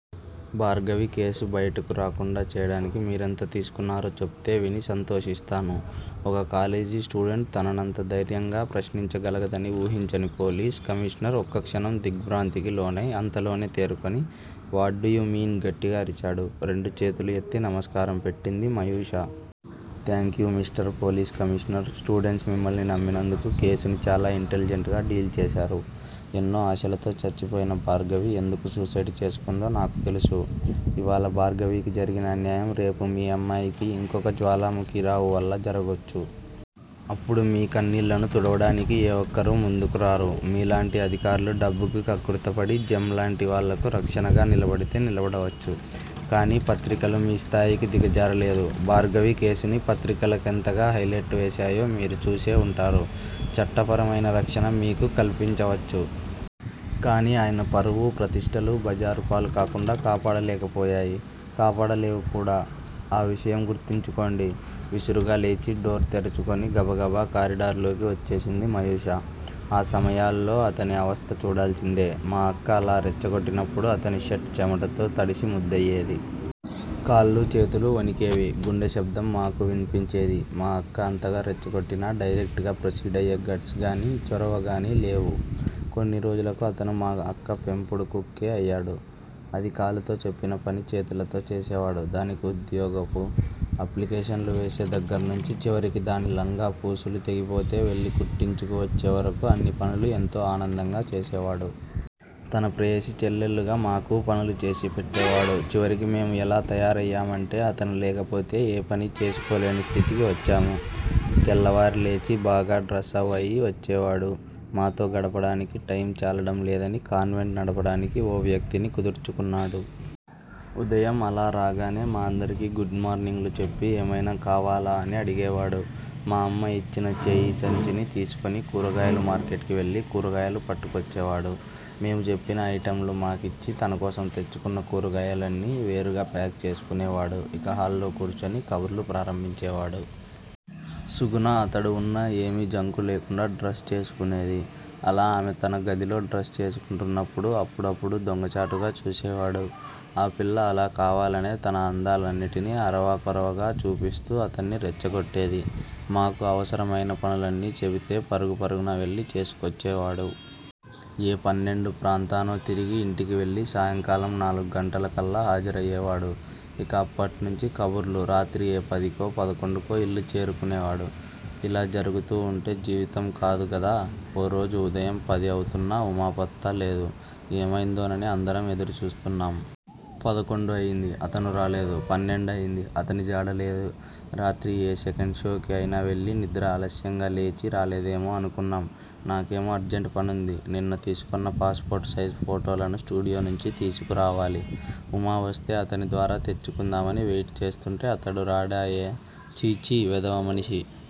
Bhargavi case బయటకు రాకుండా చేయడానికి మీరెంత తీసుకున్నారో చెప్తే విని సంతోషిస్తాను ఒక కాలేజీ స్టూడెంట్ తననంత ధైర్యంగా ప్రస్నించగలదని ఊహించని పోలీస్ కమీషనర్ ఒక్కక్షణం దిగ్బ్రాంతికి లోనై అంతలోనే తేరుకొని వాట్ డూ యు మీన్ గట్టిగా అరిచాడు. రెండు చేతులు ఎత్తి నమస్కారం పెట్టింది Mayusha. Thank you mister police commissioner students మిమ్మల్ని నమ్మినందుకు కేసుని చాలా ఇంటెలిజెంట్ గా డీల్ చేసారు. ఎన్నో ఆశలతో చచ్చిపోయిన భార్గవి ఎందుకు సూసైడ్ చేసుకుందో నాకు తెలుసు. ఇవాళ భార్గవికి జరిగిన అన్యాయం రేపు మీ అమ్మాయికి, ఇంకొక జ్వాలాముఖిరావు వల్ల జరగొచ్చు. అప్పుడు మీ కన్నీళ్ళను తుడవడానికి ఏ ఒక్కరూ ముందుకురారు మీలాంటి అధికార్లు డబ్బుకి కక్కుర్తిపడి జెమ్ లాంటి వాళ్ళకు రక్షణగా నిలబడితే నిలబడవచ్చు. కానీ పత్రికలు మీ స్థాయికి దిగజారలేదు. భార్గవి కేసుని పత్రికల కెంతగా హైలెట్ వేసాయో మీరు చూసే వుంటారు, చట్టపరమైన రక్షణ మీకు కల్పించవచ్చు. కానీ ఆయన పరువు, ప్రతిష్టలు బజారు పాలు కాకుండా కాపాడలేకపోయాయి, కాపాడలేవుకూడా ఆ విషయం గుర్తుంచుకోండి విసురుగా లేచి డోర్ తెరచుకుని గబగబా కారిడార్లోకి వచ్చేసింది మయూష. ఈ సమయాల్లో అతని అవస్థ చూడాల్సిందే. మా అక్క అలా రెచ్చగొట్టినప్పుడు అతని షర్ట్ చెమటతో తడిసి ముద్దయ్యేది. కాళ్ళూ చేతులూ వణికేవి. గుండె శబ్దం మాకు విన్పించేది. మా అక్క అంతగా రెచ్చగొట్టినా డైరెక్టుగా ప్రొసీడ్ అయ్యే గట్స్ గానీ- చొరవగానీ లేవు. కొన్నిరోజులకు అతను మా అక్క పెంపుడు కుక్కే అయ్యాడు. అది కాలుతో చెప్పిన పని చేతులతో చేసేవాడు దానికి ఉద్యోగపు అప్లికేషన్లు వేసే దగ్గర్నుంచి చివరికి దాని లంగా పూసులు తెగిపోతే వెళ్ళి కుట్టించుకు వచ్చే వరకు అన్ని పనులు ఎంతో ఆనందంగా చేసేవాడు. తన ప్రేయసి చెల్లెళ్ళుగా మాకూ పనులు చేసేపెట్టేవాడు. చివరికి మేము యెలా తయారయ్యామంటే అతను లేకపోతే ఏ పనీ చేసుకోలేని స్థితికి వచ్చాము. తెల్లవారి లేచి బాగా డ్రస్ అవ్ అయి వచ్చేవాడు. మాతో గడపడానికి టైమ్ చాలడం లేదని కాన్వెంట్ నడపడానికి ఓ వ్యక్తిని కుదుర్చుకున్నాడు. ఉదయం అలా రాగానే మా అందరికీ గుడ్ మార్నింగ్ లు చెప్పి ఏమైనా కావాలా అని అడిగేవాడు. మా అమ్మ యిచ్చిన చేతిసంచిని తీసుకుని కూరగాయల మార్కెట్ కి వెళ్ళి కూరగాయలు పట్టుకొచ్చేవాడు. మేము చెప్పిన ఐటమ్ లు మాకిచ్చి, తనకోసం తెచ్చుకున్న కూరగాయల్ని వేరుగా ప్యాక్ చేసుకునేవాడు ఇక హాల్లో కూర్చుని కబుర్లు ప్రారంభించేవాడు. సుగుణ అతడు వున్న ఏమీ జంకు లేకుండా డ్రస్ చేసుకునేది. అలా ఆమె తన గదిలో డ్రస్ చేసుకుంటున్నప్పుడు అప్పుడప్పుడూ దొంగచాటుగా చూసేవాడు. ఆ పిల్లా అలా కావాలనే తన అందాలన్నిటినీ అరవా కొరవగా చూపిస్తూ అతన్ని రెచ్చగొట్టేది. మాకు అవసరమైన పనుల్ని చెబితే పరుగు పరుగున పెళ్ళి చేసుకోచ్చేవాడు. ఏ పన్నెండు ప్రాంతానో తిరిగి ఇంటికి వెళ్ళి సాయంకాలం నాలుగు గంటలకల్లా హాజరయ్యేవాడు. ఇక అప్పట్నుంచీ కబుర్లు. రాత్రి ఏ పదికో, పదకొండుకో ఇల్లు చేరుకునేవాడు. ఇలా జరుగుతూ వుంటే జీవితం కాదు గదా. ఓరోజు ఉదయం పది అవుతున్నా ఉమా పత్తా లేదు ఏమైందోనని అందరం ఎదురుచూస్తున్నాం. పదకొండు అయ్యింది. అతను రాలేదు పన్నెండయ్యింది. అతని జాడలేదు. రాత్రి ఏ సెకండ్ షోకి అయినా వెళ్ళి నిద్ర ఆలస్యంగా లేచి రాలేదేమో అనుకున్నాం. నాకేమో అర్జెంట్ పనుంది. నిన్న తీసుకున్న పాస్ పోర్టు సైజు ఫోటోలను స్టూడియో నుంచి తీసుకురావాలి. ఉమా వస్తే అతని ద్వారా తెచ్చుకుందామని వెయిట్ చేస్తుంటే అతడు రాడాయె. ఛీఛీ వెధవ మనిషి.